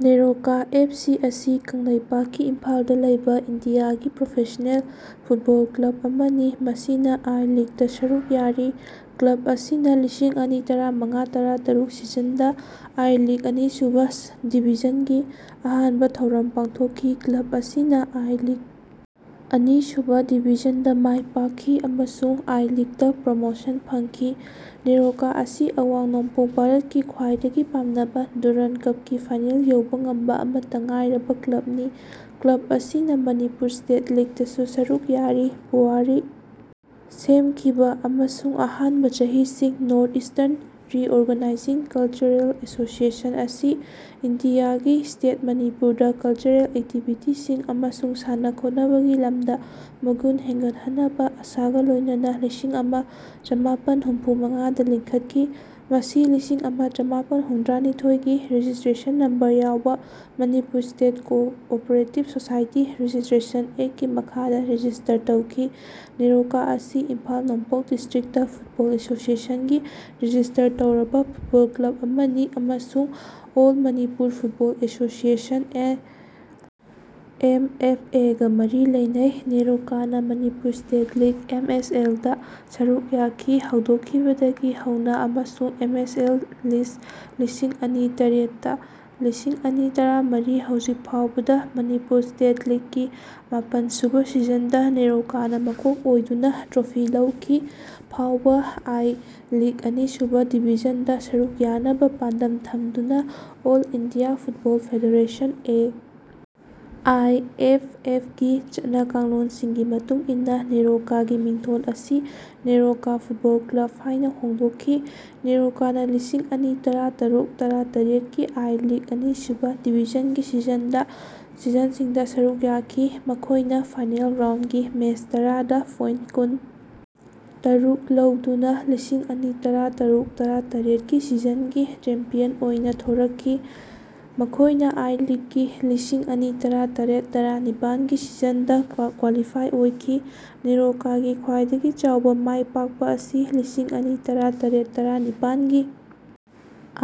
NEROCA FC ꯑꯁꯤ ꯀꯪꯂꯩꯄꯥꯛꯀꯤ ꯏꯝꯐꯥꯜꯗ ꯂꯩꯕꯥ ꯏꯟꯗꯤꯌꯥꯒꯤ ꯄ꯭ꯔꯣꯐꯦꯁꯅꯦꯜ ꯐꯨꯠꯕꯣꯜ ꯀ꯭ꯂꯕ ꯑꯃꯅꯤ ꯃꯁꯤꯅꯥ ꯑꯥꯏ ꯂꯤꯒꯇꯥ ꯁꯔꯨꯛ ꯌꯥꯔꯤ꯫ ꯀ꯭ꯂꯕ ꯑꯁꯤꯅꯥ ꯂꯤꯁꯤꯡ ꯑꯅꯤ ꯇꯔꯥꯃꯉꯥ ꯇꯔꯥꯇꯔꯨꯛ ꯁꯤꯖꯟꯗꯥ ꯑꯥꯏ ꯂꯤꯒ ꯑꯅꯤꯁꯨꯕꯥ ꯗꯤꯕꯤꯖꯟꯒꯤ ꯑꯍꯥꯟꯕ ꯊꯧꯔꯝ ꯄꯥꯡꯊꯣꯛꯈꯤ꯫ ꯀ꯭ꯂꯕ ꯑꯁꯤꯅꯥ ꯑꯥꯏ-ꯂꯤꯒ ꯑꯅꯤ ꯁꯨꯕꯥ ꯗꯤꯕꯤꯖꯟꯗꯥ ꯃꯥꯏ ꯄꯥꯛꯈꯤ ꯑꯃꯁꯨꯡ ꯑꯥꯏ ꯂꯤꯒꯇꯥ ꯄ꯭ꯔꯣꯃꯣꯁꯟ ꯐꯪꯈꯤ꯫ ꯅꯦꯔꯣꯀꯥ ꯑꯁꯤ ꯑꯋꯥꯡ ꯅꯣꯡꯄꯣꯛ ꯚꯥꯔꯠꯀꯤ ꯈ꯭ꯋꯥꯏꯗꯒꯤ ꯄꯥꯝꯅꯕ ꯗꯨꯔꯟ ꯀꯞꯀꯤ ꯐꯥꯏꯅꯦꯜ ꯌꯧꯕ ꯉꯝꯕ ꯑꯃꯠꯇꯥ ꯉꯥꯏꯔꯕꯥ ꯀ꯭ꯂꯕꯅꯤ꯫ ꯀ꯭ꯂꯕ ꯑꯁꯤꯅꯥ ꯃꯅꯤꯄꯨꯔ ꯁ꯭ꯇꯦꯠ ꯂꯤꯒꯗꯁꯨ ꯁꯔꯨꯛ ꯌꯥꯔꯤ꯫ ꯄꯨꯋꯥꯔꯤ ꯁꯦꯝꯈꯤꯕ ꯑꯃꯁꯨꯡ ꯑꯍꯥꯟꯕ ꯆꯍꯤꯁꯤꯡ north eastern reorganising cultural association ꯑꯁꯤ ꯏꯟꯗꯤꯌꯥꯒꯤ ꯁ꯭ꯇꯦꯠ ꯃꯅꯤꯄꯨꯔꯗ ꯀꯜꯆꯔꯦꯜ ꯑꯦꯛꯇꯤꯕꯤꯇꯤꯁꯤꯡ ꯑꯃꯁꯨꯡ ꯁꯥꯟꯅ ꯈꯣꯠꯅꯕꯒꯤ ꯂꯝꯗꯥ ꯃꯒꯨꯟ ꯍꯦꯟꯒꯠꯍꯟꯅꯕ ꯑꯥꯁꯥꯒꯥ ꯂꯣꯏꯅꯅꯥ ꯂꯤꯁꯤꯡ ꯑꯃ ꯆꯃꯥꯄꯟ ꯍꯨꯝꯐꯨ ꯃꯉꯥꯗ ꯂꯤꯡꯈꯠꯈꯤ꯫ ꯃꯁꯤ ꯂꯤꯁꯤꯡ ꯑꯃ ꯆꯃꯥꯄꯟ ꯍꯨꯝꯗ꯭ꯔꯥꯅꯤꯊꯣꯏꯒꯤ ꯔꯦꯖꯤꯁꯇ꯭ꯔꯦꯁꯟ ꯅꯝꯕꯔ ꯌꯥꯎꯕ Manipur state cooperative society registration ꯑꯦꯛꯀꯤ ꯃꯈꯥꯗ ꯔꯦꯖꯤꯁ꯭ꯇꯔ ꯇꯧꯈꯤ꯫ ꯅꯦꯔꯣꯀꯥ ꯑꯁꯤ ꯏꯝꯐꯥꯜ ꯅꯣꯡꯄꯣꯛ ꯗꯤꯁ꯭ꯇꯔꯤꯛꯇ ꯐꯨꯠꯕꯣꯜ ꯑꯦꯁꯣꯁꯤꯑꯦꯁꯟꯒꯤ ꯔꯦꯖꯤꯁ꯭ꯇꯔ ꯇꯧꯔꯕ ꯐꯨꯠꯕꯣꯜ ꯀ꯭ꯂꯕ ꯑꯃꯅꯤ ꯑꯃꯁꯨꯡ all Manipur football association A. M. F. ꯑꯦ.ꯒꯥ ꯃꯔꯤ ꯂꯩꯅꯩ꯫ ꯅꯦꯔꯣꯀꯥꯅꯥ Manipur state league M. S. ꯑꯦꯜ.ꯗꯥ ꯁꯔꯨꯛ ꯌꯥꯈꯤ ꯍꯧꯗꯣꯛꯈꯤꯕꯗꯒꯤ ꯍꯧꯅꯥ ꯑꯃꯁꯨꯡ ꯑꯦꯝ. ꯑꯦꯁ. ꯑꯦꯜ. ꯂꯤꯁ ꯂꯤꯁꯤꯡ ꯑꯅꯤ ꯇꯔꯦꯠꯇ꯫ ꯂꯤꯁꯤꯡ ꯑꯅꯤ ꯇꯔꯥꯃꯔꯤ ꯍꯧꯖꯤꯛ ꯐꯥꯎꯕꯗ ꯃꯅꯤꯄꯨꯔ ꯁ꯭ꯇꯦꯠ ꯂꯤꯒ ꯒꯤ ꯃꯥꯄꯟ ꯁꯨꯕ ꯁꯤꯖꯟꯗꯥ ꯅꯦꯔꯣꯀꯥꯅꯥ ꯃꯀꯣꯛ ꯑꯣꯏꯗꯨꯅ ꯇ꯭ꯔꯣꯐꯤ ꯂꯧꯈꯤ꯫ ꯐꯥꯎꯕ ꯑꯥꯏ ꯂꯤꯒ ꯑꯅꯤꯁꯨꯕ ꯗꯤꯕꯤꯖꯟꯗ ꯁꯔꯨꯛ ꯌꯥꯅꯕ ꯄꯥꯟꯗꯝ ꯊꯝꯗꯨꯅꯥ all India football federation A. I. F. ꯑꯦꯐ.ꯒꯤ ꯆꯠꯅꯀꯥꯡꯂꯣꯟꯁꯤꯡꯒꯤ ꯃꯇꯨꯡ ꯏꯟꯅꯥ ꯅꯦꯔꯣꯀꯥꯒꯤ ꯃꯤꯡꯊꯣꯜ ꯑꯁꯤ ꯅꯦꯔꯣꯀꯥ ꯐꯨꯠꯕꯣꯜ ꯀ꯭ꯂꯕ ꯍꯥꯏꯅ ꯍꯣꯡꯗꯣꯛꯈꯤ꯫ ꯅꯦꯔꯣꯀꯥꯅꯥ ꯂꯤꯁꯤꯡ ꯑꯅꯤ ꯇꯔꯥꯇꯔꯨꯛ ꯇꯔꯥ ꯇꯔꯦꯠꯀꯤ ꯑꯥꯏ-ꯂꯤꯒ ꯑꯅꯤꯁꯨꯕ ꯗꯤꯕꯤꯖꯟꯒꯤ ꯁꯤꯖꯟꯁꯤꯡꯗ ꯁꯔꯨꯛ ꯌꯥꯈꯤ꯫ ꯃꯈꯣꯏꯅꯥ ꯐꯥꯏꯅꯦꯜ ꯔꯥꯎꯟꯗꯒꯤ ꯃꯦꯆ ꯇꯔꯥꯗ ꯄꯣꯏꯟꯇ ꯀꯨꯟ ꯇꯔꯨꯛ ꯂꯧꯗꯨꯅꯥ ꯂꯤꯁꯤꯡ ꯑꯅꯤ ꯇꯔꯥꯇꯔꯨꯛ ꯇꯔꯥ ꯇꯔꯦꯠꯀꯤ ꯁꯤꯖꯟꯒꯤ ꯆꯦꯝꯄꯤꯌꯟ ꯑꯣꯏꯅꯥ ꯊꯣꯔꯛꯈꯤ꯫ ꯃꯈꯣꯏꯅꯥ ꯑꯥꯏ ꯂꯤꯒꯀꯤ ꯂꯤꯁꯤꯡ ꯑꯅꯤ ꯇꯔꯥꯇꯔꯦꯠ ꯇꯔꯥ ꯅꯤꯄꯥꯟꯒꯤ ꯁꯤꯖꯟꯗꯥ ꯀ꯭ꯋꯥꯂꯤꯐꯥꯏ ꯑꯣꯏꯈꯤ꯫ ꯅꯦꯔꯣꯀꯥꯒꯤ ꯈ꯭ꯋꯥꯏꯗꯒꯤ ꯆꯥꯎꯕ ꯃꯥꯏꯄꯥꯛꯄꯥ ꯑꯁꯤ ꯂꯤꯁꯤꯡ ꯑꯅꯤ ꯇꯔꯥꯇꯔꯦꯠ ꯇꯔꯥ ꯅꯤꯄꯥꯟ ꯒꯤ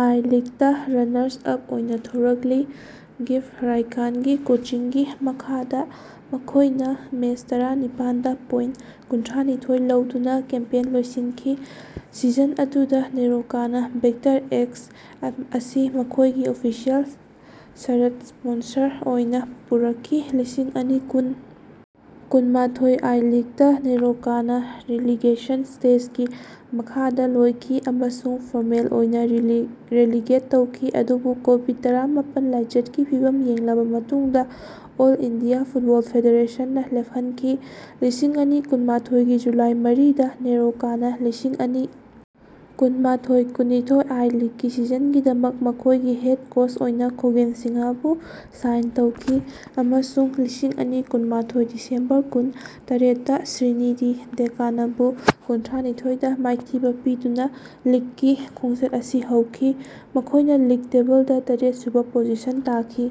ꯑꯥꯏ ꯂꯤꯒꯇꯥ ꯔꯅꯥꯔꯁ ꯑꯞ ꯑꯣꯏꯅꯥ ꯊꯣꯔꯛꯂꯤ꯫ ꯒꯤꯐ꯭ꯇ ꯔꯥꯏꯈꯥꯟꯒꯤ ꯀꯣꯆꯤꯡꯒꯤ ꯃꯈꯥꯗꯥ ꯃꯈꯣꯏꯅ ꯃꯦꯆ ꯇꯔꯥꯅꯤꯄꯥꯟꯗꯥ ꯄꯣꯏꯟꯇ ꯀꯨꯟꯊ꯭ꯔꯥꯅꯤꯊꯣꯏ ꯂꯧꯗꯨꯅꯥ ꯀꯦꯝꯄꯦꯟ ꯂꯣꯏꯁꯤꯟꯈꯤ꯫ ꯁꯤꯖꯟ ꯑꯗꯨꯗ ꯅꯦꯔꯣꯀꯥꯅꯥ ꯚꯦꯛꯇꯔ ꯑꯦꯛꯁ ꯑꯁꯤ ꯃꯈꯣꯏꯒꯤ ꯑꯣꯐꯤꯁꯤꯑꯦꯜ ꯁꯔꯠ ꯁ꯭ꯄꯣꯟꯁꯔ ꯑꯣꯏꯅꯥ ꯄꯨꯔꯛꯈꯤ꯫ ꯂꯤꯁꯤꯡ ꯑꯅꯤ ꯀꯨꯟ ꯀꯨꯟꯃꯥꯊꯣꯏ ꯑꯥꯏ-ꯂꯤꯒꯇꯥ ꯅꯦꯔꯣꯀꯥꯅꯥ ꯔꯤꯂꯤꯒꯦꯁꯟ ꯁ꯭ꯇꯦꯖꯒꯤ ꯃꯈꯥꯗꯥ ꯂꯣꯏꯈꯤ ꯑꯃꯁꯨꯡ ꯐꯣꯔꯃꯦꯜ ꯑꯣꯏꯅꯥ ꯔꯦꯂꯤꯒꯦꯠ ꯇꯧꯈꯤ ꯑꯗꯨꯕꯨ ꯀꯣꯕꯤꯗ ꯇꯔꯥꯃꯥꯄꯟ ꯂꯥꯏꯆꯠꯀꯤ ꯐꯤꯚꯝ ꯌꯦꯡꯂꯕ ꯃꯇꯨꯡꯗ ꯑꯣꯜ ꯏꯟꯗꯤꯌꯥ ꯐꯨꯠꯕꯣꯜ ꯐꯦꯗꯦꯔꯦꯁꯟ ꯅ ꯂꯦꯞꯍꯟꯈꯤ꯫ ꯂꯤꯁꯤꯡ ꯑꯅꯤ ꯀꯨꯟꯃꯥꯊꯣꯏꯒꯤ ꯖꯨꯂꯥꯏ ꯃꯔꯤꯗꯥ ꯅꯦꯔꯣꯀꯥꯅꯥ ꯂꯤꯁꯤꯡ ꯑꯅꯤ ꯀꯨꯟꯃꯥꯊꯣꯏ ꯀꯨꯟꯅꯤꯊꯣꯏ ꯑꯥꯏ ꯂꯤꯒꯀꯤ ꯁꯤꯖꯟꯒꯤꯗꯃꯛ ꯃꯈꯣꯏꯒꯤ ꯍꯦꯗ ꯀꯣꯆ ꯑꯣꯏꯅꯥ ꯈꯣꯒꯦꯟ ꯁꯤꯡꯍꯕꯨ ꯁꯥꯏꯟ ꯇꯧꯈꯤ ꯑꯃꯁꯨꯡ ꯂꯤꯁꯤꯡ ꯑꯅꯤ ꯀꯨꯟꯃꯥꯊꯣꯏ ꯗꯤꯁꯦꯝꯕꯔ ꯀꯨꯟ ꯇꯔꯦꯠꯇꯥ ꯁ꯭ꯔꯤꯅꯤꯗꯤ ꯗꯦꯛꯀꯥꯅꯕꯨ ꯀꯨꯟꯊ꯭ꯔꯥꯅꯤꯊꯣꯏꯗꯥ ꯃꯥꯏꯊꯤꯕ ꯄꯤꯗꯨꯅꯥ ꯂꯤꯒꯀꯤ ꯈꯣꯡꯆꯠ ꯑꯁꯤ ꯍꯧꯈꯤ꯫ ꯃꯈꯣꯏꯅꯥ ꯂꯤꯒ ꯇꯦꯕꯜꯗꯥ ꯇꯔꯦꯠ ꯁꯨꯕ ꯄꯣꯖꯤꯁꯟ ꯇꯥꯈꯤ꯫